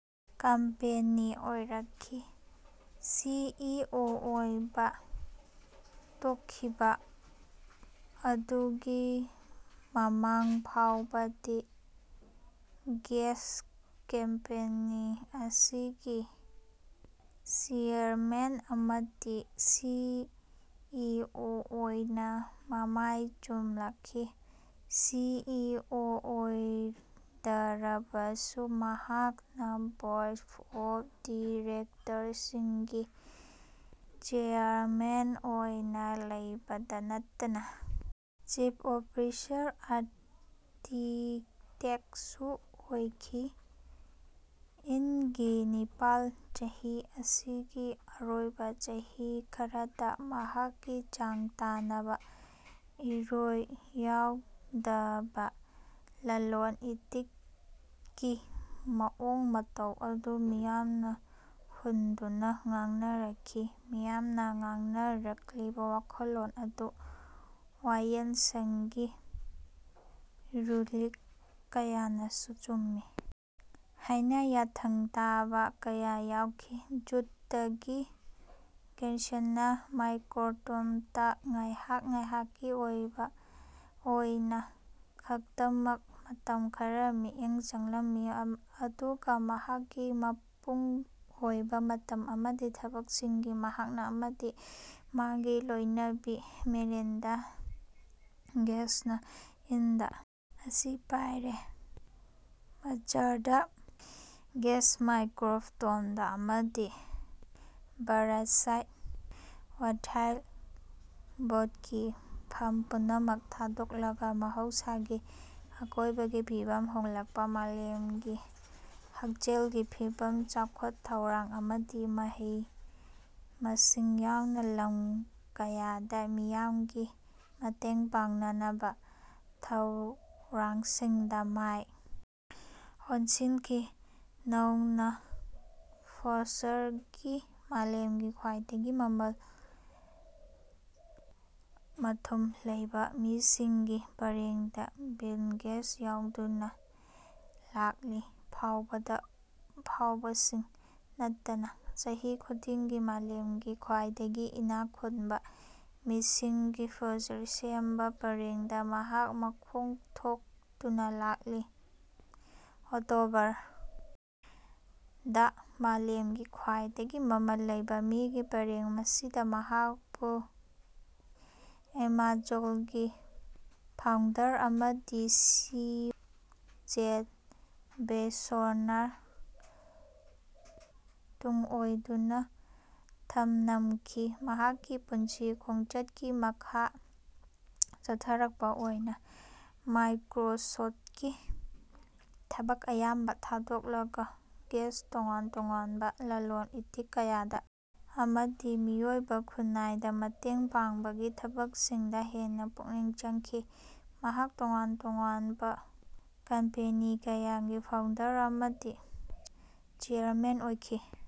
Company ꯑꯣꯏꯔꯛꯈꯤ꯫ C E O ꯑꯣꯏꯕ ꯇꯣꯛꯈꯤꯕ ꯑꯗꯨꯒꯤ ꯃꯃꯥꯡ ꯐꯥꯎꯕꯗꯤ ꯒꯦꯠꯁꯅ ꯀꯝꯄꯦꯅꯤ ꯑꯁꯤꯒꯤ ꯆꯦꯌꯔꯃꯦꯟ ꯑꯃꯗꯤ ꯁꯤ ꯏ ꯑꯣ ꯑꯣꯏꯅ ꯃꯃꯥꯏ ꯆꯨꯝꯂꯛꯈꯤ꯫ ꯁꯤ ꯏ ꯑꯣ ꯑꯣꯏꯗꯔꯕꯁꯨ ꯃꯍꯥꯛꯅ ꯕꯣꯔ꯭ꯗ ꯑꯣꯐ ꯗꯤꯔꯦꯛꯇꯔꯁꯤꯡꯒꯤ ꯆꯦꯌꯔꯃꯦꯟ ꯑꯣꯏꯅ ꯂꯩꯕꯗ ꯅꯠꯇꯅ ꯆꯤꯐ ꯁꯣꯐ꯭ꯇꯋꯦꯌꯔ ꯑꯥꯔꯀꯤꯇꯦꯛꯁꯨ ꯑꯣꯏꯈꯤ꯫ ꯏꯪ ꯒꯤ ꯄꯥꯔꯤꯡ ꯆꯍꯤ ꯑꯁꯤꯒꯤ ꯑꯔꯣꯏꯕ ꯆꯍꯤ ꯈꯔꯗ ꯃꯍꯥꯛꯀꯤ ꯆꯥꯡ ꯇꯥꯟꯅꯕ ꯏꯌꯥꯎ ꯌꯥꯎꯗꯕ ꯂꯜꯂꯣꯜ ꯏꯇꯤꯛꯀꯤ ꯃꯑꯣꯡ ꯃꯇꯧ ꯑꯗꯨ ꯃꯤꯌꯥꯝꯅ ꯍꯨꯟꯗꯨꯅ ꯉꯥꯡꯅꯔꯛꯈꯤ꯫ ꯃꯤꯌꯥꯝꯅ ꯉꯥꯡꯅꯔꯛꯂꯤꯕ ꯋꯥꯈꯜꯂꯣꯜ ꯑꯗꯨ ꯋꯥꯌꯦꯜꯁꯪꯒꯤ ꯔꯨꯂꯤꯡ ꯀꯌꯥꯅꯁꯨ ꯆꯨꯝꯃꯤ ꯍꯥꯏꯅ ꯌꯥꯊꯪ ꯇꯥꯕ ꯀꯌꯥ ꯌꯥꯎꯈꯤ꯫ ꯖꯨꯟ ꯗꯒꯤ ꯒꯦꯁꯠꯅ ꯃꯥꯏꯀ꯭ꯔꯣꯁꯣꯐ꯭ꯇ ꯇ ꯉꯥꯏꯍꯥꯛ ꯉꯥꯏꯍꯥꯛꯀꯤ ꯑꯣꯏꯅ ꯈꯛꯇꯃꯛ (ꯃꯇꯝ ꯈꯔ) ꯃꯤꯠꯌꯦꯡ ꯆꯪꯂꯝꯃꯤ ꯑꯗꯨꯒ ꯃꯍꯥꯛꯀꯤ ꯃꯄꯨꯡ ꯑꯣꯏꯕ ꯃꯇꯝ ꯑꯃꯗꯤ ꯊꯕꯛꯁꯤꯡꯗꯤ ꯃꯍꯥꯛ ꯑꯃꯗꯤ ꯃꯥꯒꯤ ꯂꯣꯏꯅꯕꯤ ꯃꯦꯂꯤꯟꯗꯥ ꯒꯦꯠꯁꯅ ꯏꯪ ꯗ ꯑꯁꯤ ꯄꯥꯏꯔꯦ꯫ ꯃꯥꯔꯆ ꯗ ꯒꯦꯠꯁꯅ ꯃꯥꯏꯀ꯭ꯔꯣꯁꯣꯐ꯭ꯇ ꯑꯃꯗꯤ ꯕꯔꯛꯁꯥꯏ꯭ꯔ ꯍꯥꯊꯋꯦꯗ ꯕꯣꯔ꯭ꯗꯀꯤ ꯐꯝ ꯄꯨꯝꯅꯃꯛ ꯊꯥꯗꯣꯛꯂꯒ ꯃꯍꯧꯁꯥꯒꯤ ꯑꯀꯣꯏꯕꯒꯤ ꯐꯤꯚꯝ ꯍꯣꯡꯂꯛꯄ, ꯃꯥꯂꯦꯝꯒꯤ ꯍꯛꯁꯦꯜꯒꯤ ꯐꯤꯚꯝ, ꯆꯥꯎꯈꯠ ꯊꯧꯔꯥꯡ ꯑꯃꯗꯤ ꯃꯍꯩ ꯃꯁꯤꯡ ꯌꯥꯎꯅ ꯂꯝ ꯀꯌꯥꯗ ꯃꯤꯌꯥꯝꯒꯤ ꯃꯇꯦꯡ ꯄꯥꯡꯅꯅꯕ ꯊꯧꯔꯥꯡꯁꯤꯡꯗ ꯃꯥꯏ ꯑꯣꯟꯁꯤꯟꯈꯤ꯫ ꯍꯧꯅ ꯐꯣꯔꯕ꯭ꯁ ꯀꯤ ꯃꯥꯂꯦꯝꯒꯤ ꯈ꯭ꯋꯥꯏꯗꯒꯤ ꯃꯔꯜ ꯃꯊꯨꯝ ꯂꯩꯕ ꯃꯤꯁꯤꯡꯒꯤ ꯄꯔꯤꯡꯗ ꯕꯤꯜ ꯒꯦꯠꯁ ꯌꯥꯎꯗꯨꯅ ꯂꯥꯛꯂꯤ꯫ ꯐꯥꯎꯕꯗ ꯐꯥꯎꯕꯁꯤ ꯅꯠꯇꯅ ꯆꯍꯤ ꯈꯨꯗꯤꯡꯒꯤ ꯃꯥꯂꯦꯝꯒꯤ ꯈ꯭ꯋꯥꯏꯗꯒꯤ ꯏꯅꯥꯛ ꯈꯨꯟꯕ ꯃꯤꯁꯤꯡꯒꯤ ꯐꯣꯔꯕ꯭ꯁꯅ ꯁꯦꯝꯕ ꯄꯔꯤꯡꯗ ꯃꯍꯥꯛ ꯃꯀꯣꯛ ꯊꯣꯡꯗꯨꯅ ꯂꯥꯛꯂꯤ꯫ ꯑꯣꯛꯇꯣꯕꯔ ꯗ ꯃꯥꯂꯦꯝꯒꯤ ꯈꯋꯥ꯭ꯏꯗꯒꯤ ꯃꯃꯜ ꯂꯩꯕ ꯃꯤꯒꯤ ꯄꯔꯤꯡ ꯑꯁꯤꯗ ꯃꯍꯥꯛꯄꯨ ꯑꯃꯥꯖꯣꯟꯒꯤ ꯐꯥꯎꯟꯗꯔ ꯑꯃꯗꯤ ꯁꯤꯏꯑꯣ ꯖꯦꯐ ꯕꯦꯖꯣꯁꯅ ꯇꯨꯡꯑꯣꯏꯟꯗꯨꯅ ꯊꯅꯝꯈꯤ꯫ ꯃꯍꯥꯛꯀꯤ ꯄꯨꯟꯁꯤ ꯈꯣꯡꯆꯠꯀꯤ ꯃꯈꯥ ꯆꯠꯊꯔꯛꯞ ꯑꯣꯏꯅ ꯃꯥꯏꯀ꯭ꯔꯣꯁꯣꯐ꯭ꯇꯀꯤ ꯊꯕꯛ ꯑꯌꯥꯝꯕ ꯊꯥꯗꯣꯛꯂꯒ ꯒꯣꯠꯁ꯭ꯅ ꯇꯣꯉꯥꯟ ꯇꯣꯉꯥꯟꯕ ꯂꯜꯂꯣꯟ ꯏꯇꯤꯛ ꯀꯌꯥꯗ ꯑꯃꯗꯤ ꯃꯤꯑꯣꯏꯕ ꯈꯨꯟꯅꯥꯏꯗ ꯃꯇꯦꯡ ꯄꯥꯡꯕꯒꯤ ꯊꯕꯛꯁꯤꯡꯗ ꯍꯦꯟꯅ ꯄꯨꯛꯅꯤꯡ ꯆꯪꯈꯤ꯫ ꯃꯍꯥꯛ ꯇꯣꯉꯥꯟ ꯇꯣꯉꯥꯟꯕ ꯀꯝꯄꯦꯅꯤ ꯀꯌꯥꯒꯤ ꯐꯥꯎꯟꯗꯔ ꯑꯃꯗꯤ ꯆꯦꯌꯔꯃꯦꯟ ꯑꯣꯏꯈꯤ꯫